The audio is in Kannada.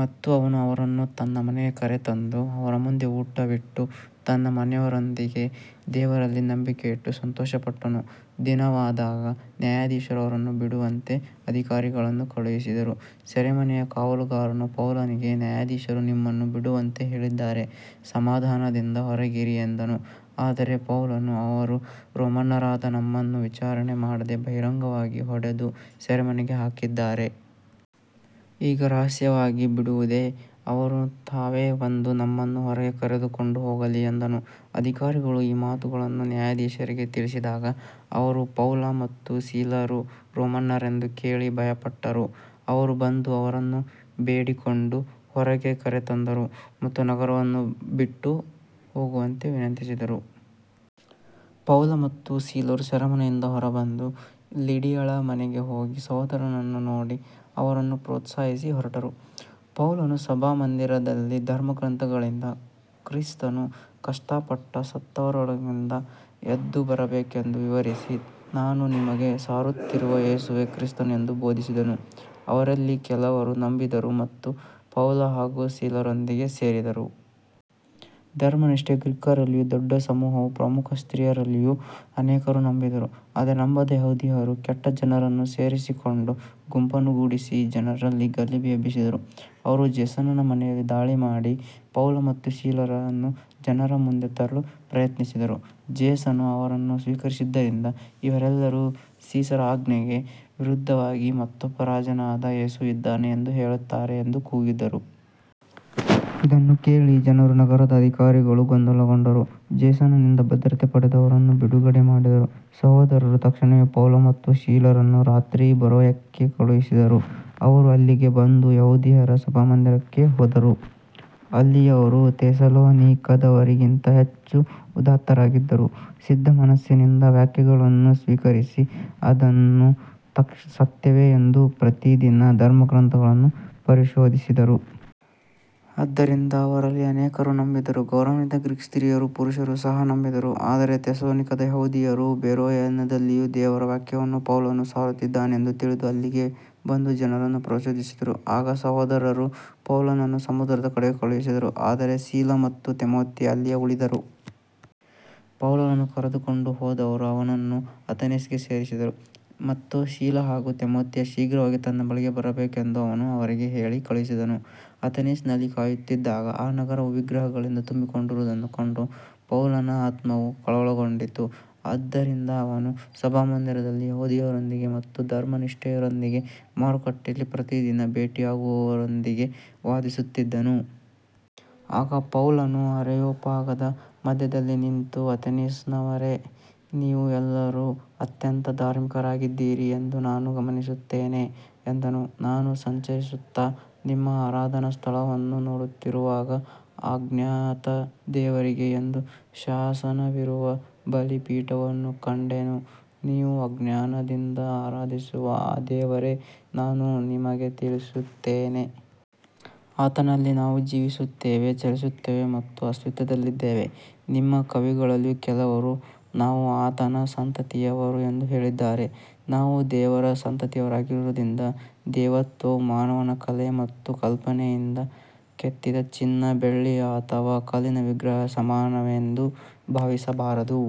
ಮತ್ತು ಅವನು ಅವರನ್ನು ತನ್ನ ಮನೆಗೆ ಕರೆತಂದು ಅವರ ಮುಂದೆ ಊಟವಿಟ್ಟು ತನ್ನ ಮನೆಯವರೆಲ್ಲರೊಂದಿಗೆ ದೇವರಲ್ಲಿ ನಂಬಿಕೆಯಿಟ್ಟು ಸಂತೋಷಪಟ್ಟನು. ದಿನವಾದಾಗ ನ್ಯಾಯಾಧೀಶರು ಅವರನ್ನು ಬಿಡುವಂತೆ ಅಧಿಕಾರಿಗಳನ್ನು ಕಳುಹಿಸಿದರು. ಸೆರೆಮನೆಯ ಕಾವಲುಗಾರನು ಪೌಲನಿಗೆ, ನ್ಯಾಯಾಧೀಶರು ನಿಮ್ಮನ್ನು ಬಿಡುವಂತೆ ಹೇಳಿದ್ದಾರೆ, ಸಮಾಧಾನದಿಂದ ಹೋಗಿರಿ ಎಂದನು. ಆದರೆ ಪೌಲನು, ಅವರು ರೋಮನ್ನರಾದ ನಮ್ಮನ್ನು ವಿಚಾರಣೆ ಮಾಡದೆ ಬಹಿರಂಗವಾಗಿ ಹೊಡೆದು ಸೆರೆಮನೆಗೆ ಹಾಕಿದ್ದಾರೆ. ಈಗ ರಹಸ್ಯವಾಗಿ ಬಿಡುವುದೇ, ಅವರು ತಾವೇ ಬಂದು ನಮ್ಮನ್ನು ಹೊರಗೆ ಕರೆದುಕೊಂಡು ಹೋಗಲಿ ಎಂದನು. ಅಧಿಕಾರಿಗಳು ಈ ಮಾತುಗಳನ್ನು ನ್ಯಾಯಾಧೀಶರಿಗೆ ತಿಳಿಸಿದಾಗ ಅವರು ಪೌಲ ಮತ್ತು ಸೀಲರು ರೋಮನ್ನರೆಂದು ಕೇಳಿ ಭಯಪಟ್ಟರು. ಅವರು ಬಂದು ಅವರನ್ನು ಬೇಡಿಕೊಂಡು ಹೊರಗೆ ಕರೆತಂದರು ಮತ್ತು ನಗರವನ್ನು ಬಿಟ್ಟು ಹೋಗುವಂತೆ ವಿನಂತಿಸಿದರು. ಪೌಲ ಮತ್ತು ಸೀಲರು ಸೆರೆಮನೆಯಿಂದ ಹೊರಬಂದು ಲಿಡಿಯಳ ಮನೆಗೆ ಹೋಗಿ ಸಹೋದರರನ್ನು ನೋಡಿ ಅವರನ್ನು ಪ್ರೋತ್ಸಾಹಿಸಿ ಹೊರಟರು. ಪೌಲನು ಸಭಾಮಂದಿರದಲ್ಲಿ ಧರ್ಮಗ್ರಂಥಗಳಿಂದ ಕ್ರಿಸ್ತನು ಕಷ್ಟಪಟ್ಟು ಸತ್ತವರೊಳಗಿಂದ ಎದ್ದುಬರಬೇಕೆಂದು ವಿವರಿಸಿ, ನಾನು ನಿಮಗೆ ಸಾರುತ್ತಿರುವ ಯೇಸುವೇ ಕ್ರಿಸ್ತನು ಎಂದು ಬೋಧಿಸಿದನು. ಅವರಲ್ಲಿ ಕೆಲವರು ನಂಬಿದರು ಮತ್ತು ಪೌಲ ಹಾಗೂ ಸೀಲರೊಂದಿಗೆ ಸೇರಿದರು. ಧರ್ಮನಿಷ್ಠ ಗ್ರೀಕರಲ್ಲಿಯೂ ದೊಡ್ಡ ಸಮೂಹವೂ ಪ್ರಮುಖ ಸ್ತ್ರೀಯರಲ್ಲಿಯೂ ಅನೇಕರು ನಂಬಿದರು. ಆದರೆ ನಂಬದ ಯೆಹೂದ್ಯರು ಕೆಟ್ಟ ಜನರನ್ನು ಸೇರಿಸಿಕೊಂಡು ಗುಂಪನ್ನು ಕೂಡಿಸಿ ನಗರದಲ್ಲಿ ಗಲಭೆ ಎಬ್ಬಿಸಿದರು. ಅವರು ಜೇಸನನ ಮನೆಯನ್ನು ದಾಳಿ ಮಾಡಿ ಪೌಲ ಮತ್ತು ಸೀಲರನ್ನು ಜನರ ಮುಂದೆ ತರಲು ಪ್ರಯತ್ನಿಸಿದರು. ಜೇಸನು ಅವರನ್ನು ಸ್ವೀಕರಿಸಿದ್ದರಿಂದ, ಇವರೆಲ್ಲರೂ ಸೀಸರನ ಆಜ್ಞೆಗಳಿಗೆ ವಿರುದ್ಧವಾಗಿ ಮತ್ತೊಬ್ಬ ರಾಜನಾದ ಯೇಸು ಇದ್ದಾನೆ ಎಂದು ಹೇಳುತ್ತಾರೆ ಎಂದು ಕೂಗಿದರು. ಇದನ್ನು ಕೇಳಿ ಜನರೂ ನಗರದ ಅಧಿಕಾರಿಗಳೂ ಗೊಂದಲಗೊಂಡರು. ಜೇಸನನಿಂದ ಭದ್ರತೆ ಪಡೆದು ಅವರನ್ನು ಬಿಡುಗಡೆ ಮಾಡಿದರು. ಸಹೋದರರು ತಕ್ಷಣವೇ ಪೌಲ ಮತ್ತು ಸೀಲರನ್ನು ರಾತ್ರಿ ಬೆರೋಯಕ್ಕೆ ಕಳುಹಿಸಿದರು. ಅವರು ಅಲ್ಲಿಗೆ ಬಂದು ಯೆಹೂದ್ಯರ ಸಭಾಮಂದಿರಕ್ಕೆ ಹೋದರು. ಅಲ್ಲಿನವರು ಥೆಸಲೋನಿಕದವರಿಗಿಂತ ಹೆಚ್ಚು ಉದಾತ್ತರಾಗಿದ್ದು, ಸಿದ್ಧಮನಸ್ಸಿನಿಂದ ವಾಕ್ಯವನ್ನು ಸ್ವೀಕರಿಸಿ ಅದು ಸತ್ಯವೇ ಎಂದು ಪ್ರತಿದಿನ ಧರ್ಮಗ್ರಂಥಗಳನ್ನು ಪರಿಶೋಧಿಸಿದರು. ಆದ್ದರಿಂದ ಅವರಲ್ಲಿ ಅನೇಕರು ನಂಬಿದರು, ಗೌರವಾನ್ವಿತ ಗ್ರೀಕ್ ಸ್ತ್ರೀಯರೂ ಪುರುಷರೂ ಸಹ ನಂಬಿದರು. ಆದರೆ ಥೆಸಲೋನಿಕದ ಯೆಹೂದ್ಯರು ಬೆರೋಯದಲ್ಲಿಯೂ ದೇವರ ವಾಕ್ಯವನ್ನು ಪೌಲನು ಸಾರುತ್ತಿದ್ದಾನೆಂದು ತಿಳಿದು ಅಲ್ಲಿಗೆ ಬಂದು ಜನರನ್ನು ಪ್ರಚೋದಿಸಿದರು. ಆಗ ಸಹೋದರರು ಪೌಲನನ್ನು ಸಮುದ್ರದ ಕಡೆಗೆ ಕಳುಹಿಸಿದರು, ಆದರೆ ಸೀಲ ಮತ್ತು ತಿಮೊಥೆಯರು ಅಲ್ಲಿಯೇ ಉಳಿದರು. ಪೌಲನನ್ನು ಕರೆದುಕೊಂಡು ಹೋದವರು ಅವನನ್ನು ಅಥೆನ್ಸಿಗೆ ಸೇರಿಸಿದರು ಮತ್ತು ಸೀಲ ಹಾಗೂ ತಿಮೊಥೆಯರು ಶೀಘ್ರವಾಗಿ ತನ್ನ ಬಳಿಗೆ ಬರಬೇಕೆಂದು ಅವನು ಅವರಿಗೆ ಹೇಳಿ ಕಳುಹಿಸಿದನು. ಅಥೆನ್ಸಿನಲ್ಲಿ ಕಾಯುತ್ತಿದ್ದಾಗ ಆ ನಗರವು ವಿಗ್ರಹಗಳಿಂದ ತುಂಬಿರುವುದನ್ನು ಕಂಡು ಪೌಲನ ಆತ್ಮವು ಕಳವಳಗೊಂಡಿತು. ಆದ್ದರಿಂದ ಅವನು ಸಭಾಮಂದಿರದಲ್ಲಿ ಯೆಹೂದ್ಯರೊಂದಿಗೆ ಮತ್ತು ಧರ್ಮನಿಷ್ಠರೊಂದಿಗೆ, ಮಾರುಕಟ್ಟೆಯಲ್ಲಿ ಪ್ರತಿದಿನ ಭೇಟಿಯಾಗುವವರೊಂದಿಗೆ ವಾದಿಸುತ್ತಿದ್ದನು. ಆಗ ಪೌಲನು ಅರೆಯೋಪಾಗದ ಮಧ್ಯದಲ್ಲಿ ನಿಂತು, ಅಥೆನ್ಸಿನವರೇ, ನೀವು ಎಲ್ಲದರಲ್ಲೂ ಅತ್ಯಂತ ಧಾರ್ಮಿಕರಾಗಿದ್ದೀರಿ ಎಂದು ನಾನು ಗಮನಿಸುತ್ತೇನೆ ಎಂದನು. ನಾನು ಸಂಚರಿಸುತ್ತಾ ನಿಮ್ಮ ಆರಾಧನಾ ಸ್ಥಳಗಳನ್ನು ನೋಡುತ್ತಿರುವಾಗ ಅಜ್ಞಾತ ದೇವರಿಗೆ ಎಂಬ ಶಾಸನವಿರುವ ಬಲಿಪೀಠವನ್ನೂ ಕಂಡೆನು. ನೀವು ಅಜ್ಞಾನದಿಂದ ಆರಾಧಿಸುವ ಆ ದೇವರೆ ನಾನು ನಿಮಗೆ ತಿಳಿಸುತ್ತೇನೆ. ಆತನಲ್ಲಿ ನಾವು ಜೀವಿಸುತ್ತೇವೆ, ಚಲಿಸುತ್ತೇವೆ ಮತ್ತು ಅಸ್ತಿತ್ವದಲ್ಲಿದ್ದೇವೆ. ನಿಮ್ಮ ಕವಿಗಳಲ್ಲಿಯೂ ಕೆಲವರು ನಾವು ಆತನ ಸಂತತಿಯವರು ಎಂದು ಹೇಳಿದ್ದಾರೆ. ನಾವು ದೇವರ ಸಂತತಿಯಾಗಿರುವುದರಿಂದ ದೇವತ್ವವು ಮಾನವನ ಕಲೆ ಮತ್ತು ಕಲ್ಪನೆಯಿಂದ ಕೆತ್ತಿದ ಚಿನ್ನ, ಬೆಳ್ಳಿ ಅಥವಾ ಕಲ್ಲಿನ ವಿಗ್ರಹ ಸಮಾನವೆಂದು ಭಾವಿಸಬಾರದು.